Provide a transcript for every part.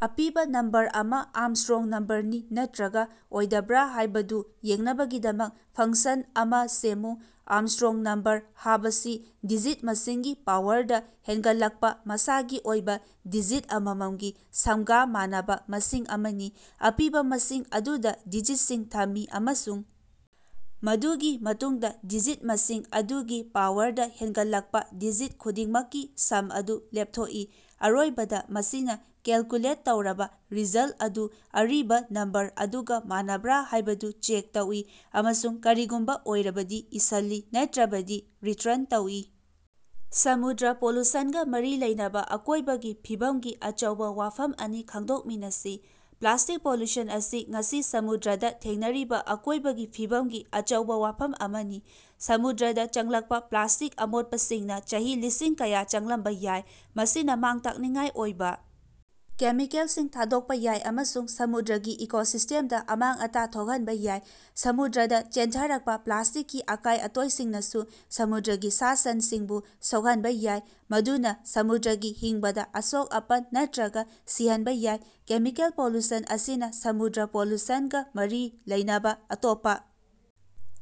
ꯑꯄꯤꯕꯥ ꯅꯝꯕꯔ ꯑꯃꯥ ꯑꯥꯔꯝꯁꯇ꯭ꯔꯣꯡ ꯅꯝꯕꯔꯅꯤ ꯅꯠꯇ꯭ꯔꯒꯥ ꯑꯣꯏꯗꯕ꯭ꯔꯥ ꯍꯥꯏꯕꯗꯨ ꯌꯦꯡꯅꯕꯒꯤꯗꯃꯛ ꯐꯪꯁꯟ ꯑꯃꯥ ꯁꯦꯝꯃꯨ꯫ ꯑꯥꯔꯝꯁꯇ꯭ꯔꯣꯡ ꯅꯝꯕꯔ ꯍꯥꯕꯁꯤ ꯗꯤꯖꯤꯠ ꯃꯁꯤꯡꯒꯤ ꯄꯥꯋꯔꯗꯥ ꯍꯦꯟꯒꯠꯂꯛꯄꯥ ꯃꯁꯥꯒꯤ ꯑꯣꯏꯕꯥ ꯗꯤꯖꯤꯠ ꯑꯃꯃꯝꯒꯤ ꯁꯝꯒꯥ ꯃꯥꯟꯅꯕꯥ ꯃꯁꯤꯡ ꯑꯃꯅꯤ꯫ ꯑꯄꯤꯕꯥ ꯃꯁꯤꯡ ꯑꯗꯨꯗꯥ ꯗꯤꯖꯤꯠꯁꯤꯡ ꯊꯝꯃꯤ ꯑꯃꯁꯨꯡ ꯃꯗꯨꯒꯤ ꯃꯇꯨꯡꯗꯥ ꯗꯤꯖꯤꯠ ꯃꯁꯤꯡ ꯑꯗꯨꯒꯤ ꯄꯥꯋꯔꯗꯥ ꯍꯦꯟꯒꯠꯂꯛꯄꯥ ꯗꯤꯖꯤꯠ ꯈꯨꯗꯤꯡꯃꯛꯀꯤ ꯁꯝ ꯑꯗꯨ ꯂꯦꯞꯊꯣꯛꯏ꯫ ꯑꯔꯣꯏꯕꯗꯥ, ꯃꯁꯤꯅꯥ ꯀꯦꯜꯀꯨꯂꯦꯠ ꯇꯧꯔꯕꯥ ꯔꯤꯖꯜ ꯑꯗꯨ ꯑꯔꯤꯕꯥ ꯅꯝꯕꯔ ꯑꯗꯨꯒꯥ ꯃꯥꯟꯅꯕ꯭ꯔꯥ ꯍꯥꯏꯕꯗꯨ ꯆꯦꯛ ꯇꯧꯏ ꯑꯃꯁꯨꯡ ꯀꯔꯤꯒꯨꯝꯕꯥ ꯑꯣꯏꯔꯕꯗꯤ ꯏꯁꯜꯂꯤ, ꯅꯠꯇ꯭ꯔꯕꯗꯤ ꯔꯤꯇ꯭ꯔꯟ ꯇꯧꯏ꯫ ꯁꯃꯨꯗ꯭ꯔ ꯄꯣꯂꯨꯁꯟꯒꯥ ꯃꯔꯤ ꯂꯩꯅꯕꯥ ꯑꯀꯣꯏꯕꯒꯤ ꯐꯤꯕꯝꯒꯤ ꯑꯆꯧꯕꯥ ꯋꯥꯐꯝ ꯑꯅꯤ ꯈꯪꯗꯣꯛꯃꯤꯅꯁꯤ꯫ ꯄ꯭ꯂꯥꯁꯇꯤꯛ ꯄꯣꯂꯨꯁꯟ ꯑꯁꯤ ꯉꯁꯤ ꯁꯃꯨꯗ꯭ꯔꯗꯥ ꯊꯦꯡꯅꯔꯤꯕꯥ ꯑꯀꯣꯏꯕꯒꯤ ꯐꯤꯕꯝꯒꯤ ꯑꯆꯧꯕꯥ ꯋꯥꯐꯝ ꯑꯃꯅꯤ꯫ ꯁꯃꯨꯗ꯭ꯔꯗꯥ ꯆꯪꯂꯛꯄꯥ ꯄ꯭ꯂꯥꯁꯇꯤꯛ ꯑꯃꯣꯠꯄꯁꯤꯡꯅꯥ ꯆꯍꯤ ꯂꯤꯁꯤꯡ ꯀꯌꯥ ꯆꯪꯂꯝꯕꯥ ꯌꯥꯏ, ꯃꯁꯤꯅꯥ ꯃꯥꯡ-ꯇꯥꯛꯅꯤꯡꯉꯥꯏ ꯑꯣꯏꯕꯥ ꯀꯦꯃꯤꯀꯦꯜꯁꯤꯡ ꯊꯥꯗꯣꯛꯄꯥ ꯌꯥꯏ ꯑꯃꯁꯨꯡ ꯁꯃꯨꯗ꯭ꯔꯒꯤ ꯏꯀꯣꯁꯤꯁꯇꯦꯝꯗꯥ ꯑꯃꯥꯡ-ꯑꯇꯥ ꯊꯣꯛꯍꯟꯕꯥ ꯌꯥꯏ꯫ ꯁꯃꯨꯗ꯭ꯔꯗꯥ ꯆꯦꯟꯊꯔꯛꯄꯥ ꯄ꯭ꯂꯥꯁꯇꯤꯛꯀꯤ ꯑꯀꯥꯏ-ꯑꯇꯣꯏꯁꯤꯡꯅꯁꯨ ꯁꯃꯨꯗ꯭ꯔꯒꯤ ꯁꯥ-ꯁꯟꯁꯤꯡꯕꯨ ꯁꯣꯛꯍꯟꯕꯥ ꯌꯥꯏ, ꯃꯗꯨꯅꯥ ꯁꯃꯨꯗ꯭ꯔꯒꯤ ꯍꯤꯡꯕꯗꯥ ꯑꯁꯣꯛ-ꯑꯄꯟ ꯅꯠꯇ꯭ꯔꯒꯥ ꯁꯤꯍꯟꯕꯥ ꯌꯥꯏ꯫ ꯀꯦꯃꯤꯀꯦꯜ ꯄꯣꯂꯨꯁꯟ ꯑꯁꯤꯅ ꯁꯃꯨꯗ꯭ꯔ ꯄꯣꯂꯨꯁꯟ ꯒꯥ ꯃꯔꯤ ꯂꯩꯅꯕꯥ ꯑꯇꯣꯞꯄꯥ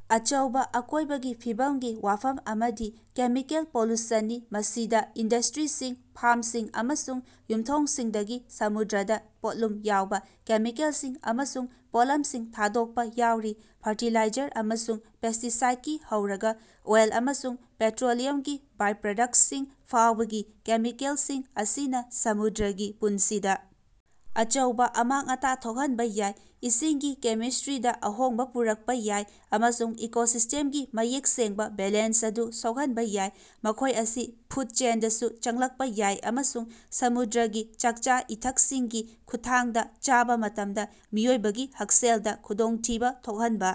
ꯑꯆꯧꯕꯥ ꯑꯀꯣꯏꯕꯒꯤ ꯐꯤꯕꯝꯒꯤ ꯋꯥꯐꯝ ꯑꯃꯗꯤ ꯀꯦꯃꯤꯀꯦꯜ ꯄꯣꯂꯨꯁꯟꯅꯤ, ꯃꯁꯤꯗꯥ ꯏꯟꯗꯁꯇ꯭ꯔꯤꯁꯤꯡ, ꯐꯥꯝꯁꯤꯡ ꯑꯃꯁꯨꯡ ꯌꯨꯝꯊꯣꯡꯁꯤꯡꯗꯒꯤ ꯁꯃꯨꯗ꯭ꯔꯗꯥ ꯄꯣꯠꯂꯨꯝ ꯌꯥꯎꯕꯥ ꯀꯦꯃꯤꯀꯦꯜꯁꯤꯡ ꯑꯃꯁꯨꯡ ꯄꯣꯠꯂꯝꯁꯤꯡ ꯊꯥꯗꯣꯛꯄꯥ ꯌꯥꯎꯔꯤ꯫ ꯐꯔꯇꯤꯂꯥꯏꯖꯔ ꯑꯃꯁꯨꯡ ꯄꯦꯁꯇꯤꯁꯥꯏꯠꯀꯤ ꯍꯧꯔꯒꯥ ꯑꯣꯏꯜ ꯑꯃꯁꯨꯡ ꯄꯦꯇ꯭ꯔꯣꯂꯤꯌꯝꯒꯤ ꯕꯥꯏꯄ꯭ꯔꯗꯛꯁꯁꯤꯡ ꯐꯥꯎꯕꯒꯤ ꯀꯦꯃꯤꯀꯦꯜꯁꯤꯡ ꯑꯁꯤꯅꯥ ꯁꯃꯨꯗ꯭ꯔꯒꯤ ꯄꯨꯟꯁꯤꯗꯥ ꯑꯆꯧꯕꯥ ꯑꯃꯥꯡ-ꯑꯇꯥ ꯊꯣꯛꯍꯟꯕꯥ ꯌꯥꯏ, ꯏꯁꯤꯡꯒꯤ ꯀꯦꯃꯤꯁꯇ꯭ꯔꯤꯗꯥ ꯑꯍꯣꯡꯕꯥ ꯄꯨꯔꯛꯄꯥ ꯌꯥꯏ ꯑꯃꯁꯨꯡ ꯏꯀꯣꯁꯤꯁꯇꯦꯝꯒꯤ ꯃꯌꯦꯛ ꯁꯦꯡꯕꯥ ꯕꯦꯂꯦꯟꯁ ꯑꯗꯨ ꯁꯣꯛꯍꯟꯕꯥ ꯌꯥꯏ꯫ ꯃꯈꯣꯏ ꯑꯁꯤ ꯐꯨꯠ ꯆꯦꯟꯗꯁꯨ ꯆꯪꯂꯛꯄꯥ ꯌꯥꯏ ꯑꯃꯁꯨꯡ ꯁꯃꯨꯗ꯭ꯔꯒꯤ ꯆꯥꯛꯆꯥ-ꯏꯊꯛꯁꯤꯡꯒꯤ ꯈꯨꯠꯊꯥꯡꯗꯥ ꯆꯥꯕꯥ ꯃꯇꯝꯗꯥ ꯃꯤꯑꯣꯏꯕꯒꯤ ꯍꯛꯁꯦꯜꯗꯥ ꯈꯨꯗꯣꯡꯊꯤꯕꯥ ꯊꯣꯛꯍꯟꯕꯥ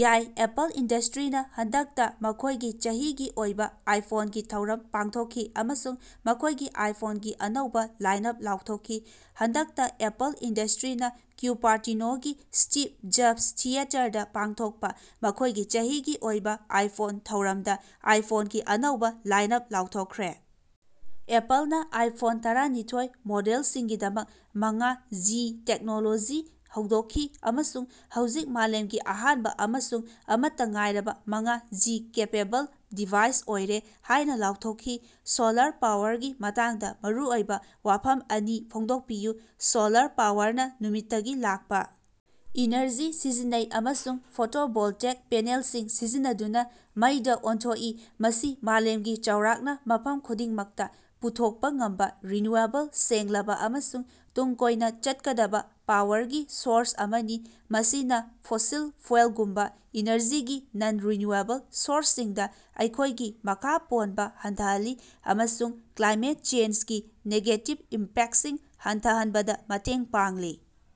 ꯌꯥꯏ꯫ ꯑꯦꯄꯜ ꯏꯟꯗꯁꯇ꯭ꯔꯤꯅꯥ ꯍꯟꯗꯛꯇꯥ ꯃꯈꯣꯏꯒꯤ ꯆꯍꯤꯒꯤ ꯑꯣꯏꯕꯥ ꯑꯥꯏꯐꯣꯟꯒꯤ ꯊꯧꯔꯝ ꯄꯥꯡꯊꯣꯛꯈꯤ ꯑꯃꯁꯨꯡ ꯃꯈꯣꯏꯒꯤ ꯑꯥꯏꯐꯣꯟꯒꯤ ꯑꯅꯧꯕꯥ ꯂꯥꯏꯟꯑꯞ ꯂꯥꯎꯊꯣꯛꯈꯤ꯫ ꯍꯟꯗꯛꯇꯥ ꯑꯦꯄꯜ ꯏꯟꯗꯁꯇ꯭ꯔꯤꯅꯥ ꯀ꯭ꯌꯨꯄꯥꯔꯇꯤꯅꯣꯒꯤ ꯁ꯭ꯇꯤꯞ ꯖꯞꯁ ꯊꯤꯌꯦꯇꯔꯗꯥ ꯄꯥꯡꯊꯣꯛꯄꯥ ꯃꯈꯣꯏꯒꯤ ꯆꯍꯤꯒꯤ ꯑꯣꯏꯕꯥ ꯑꯥꯏꯐꯣꯟ ꯊꯧꯔꯝꯗꯥ ꯑꯥꯏꯐꯣꯟꯒꯤ ꯑꯅꯧꯕꯥ ꯂꯥꯏꯟꯑꯞ ꯂꯥꯎꯊꯣꯛꯈ꯭ꯔꯦ꯫ ꯑꯦꯄꯜꯅꯥ ꯑꯥꯏꯐꯣꯟ ꯇꯔꯥꯅꯤꯊꯣꯏ ꯃꯣꯗꯦꯜꯁꯤꯡꯒꯤꯗꯃꯛ ꯃꯉꯥ ꯖꯤ ꯇꯦꯛꯅꯣꯂꯣꯖꯤ ꯍꯧꯗꯣꯛꯈꯤ ꯑꯃꯁꯨꯡ ꯍꯧꯖꯤꯛ ꯃꯥꯂꯦꯝꯒꯤ ꯑꯍꯥꯟꯕꯥ ꯑꯃꯁꯨꯡ ꯑꯃꯠꯇꯥ ꯉꯥꯏꯔꯕꯥ ꯃꯉꯥ ꯖꯤ ꯀꯦꯄꯦꯕꯜ ꯗꯤꯚꯥꯏꯁ ꯑꯣꯏꯔꯦ ꯍꯥꯏꯅꯥ ꯂꯥꯎꯊꯣꯛꯈꯤ꯫ ꯁꯣꯂꯥꯔ ꯄꯥꯋꯔꯒꯤ ꯃꯇꯥꯡꯗꯥ ꯃꯔꯨꯑꯣꯏꯕꯥ ꯋꯥꯐꯝ ꯑꯅꯤ ꯐꯣꯡꯗꯣꯛꯄꯤꯌꯨ꯫ ꯁꯣꯂꯥꯔ ꯄꯥꯋꯔꯅꯥ ꯅꯨꯃꯤꯠꯇꯒꯤ ꯂꯥꯛꯄꯥ ꯏꯅꯔꯖꯤ ꯁꯤꯖꯤꯟꯅꯩ ꯑꯃꯁꯨꯡ ꯐꯣꯇꯣꯚꯣꯜꯇꯦꯛ ꯄꯦꯅꯦꯜꯁꯤꯡ ꯁꯤꯖꯤꯟꯅꯗꯨꯅꯥ ꯃꯩꯗꯥ ꯑꯣꯟꯊꯣꯛꯏ꯫ ꯃꯁꯤ ꯃꯥꯂꯦꯝꯒꯤ ꯆꯥꯎꯔꯥꯛꯅꯥ ꯃꯐꯝ ꯈꯨꯗꯤꯡꯃꯛꯇꯥ ꯄꯨꯊꯣꯛꯄꯥ ꯉꯝꯕꯥ ꯔꯤꯅ꯭ꯌꯨꯑꯦꯕꯜ, ꯁꯦꯡꯂꯕꯥ ꯑꯃꯁꯨꯡ ꯇꯨꯡ ꯀꯣꯏꯅꯥ ꯆꯠꯀꯗꯕꯥ ꯄꯥꯋꯔꯒꯤ ꯁꯣꯔꯁ ꯑꯃꯅꯤ, ꯃꯁꯤꯅꯥ ꯐꯣꯁꯤꯜ ꯐ꯭ꯌꯨꯑꯦꯜꯒꯨꯝꯕꯥ ꯏꯅꯔꯖꯤꯒꯤ ꯅꯟ-ꯔꯤꯅ꯭ꯌꯨꯑꯦꯕꯜ ꯁꯣꯔꯁꯁꯤꯡꯗꯥ ꯑꯩꯈꯣꯏꯒꯤ ꯃꯈꯥ ꯄꯣꯟꯕꯥ ꯍꯟꯊꯍꯜꯂꯤ ꯑꯃꯁꯨꯡ ꯀ꯭ꯂꯥꯏꯃꯦꯠ ꯆꯦꯟꯖꯒꯤ ꯅꯦꯒꯦꯇꯤꯕ ꯏꯝꯄꯦꯛꯁꯤꯡ ꯍꯟꯊꯍꯟꯕꯗꯥ ꯃꯇꯦꯡ ꯄꯥꯡꯂꯤ꯫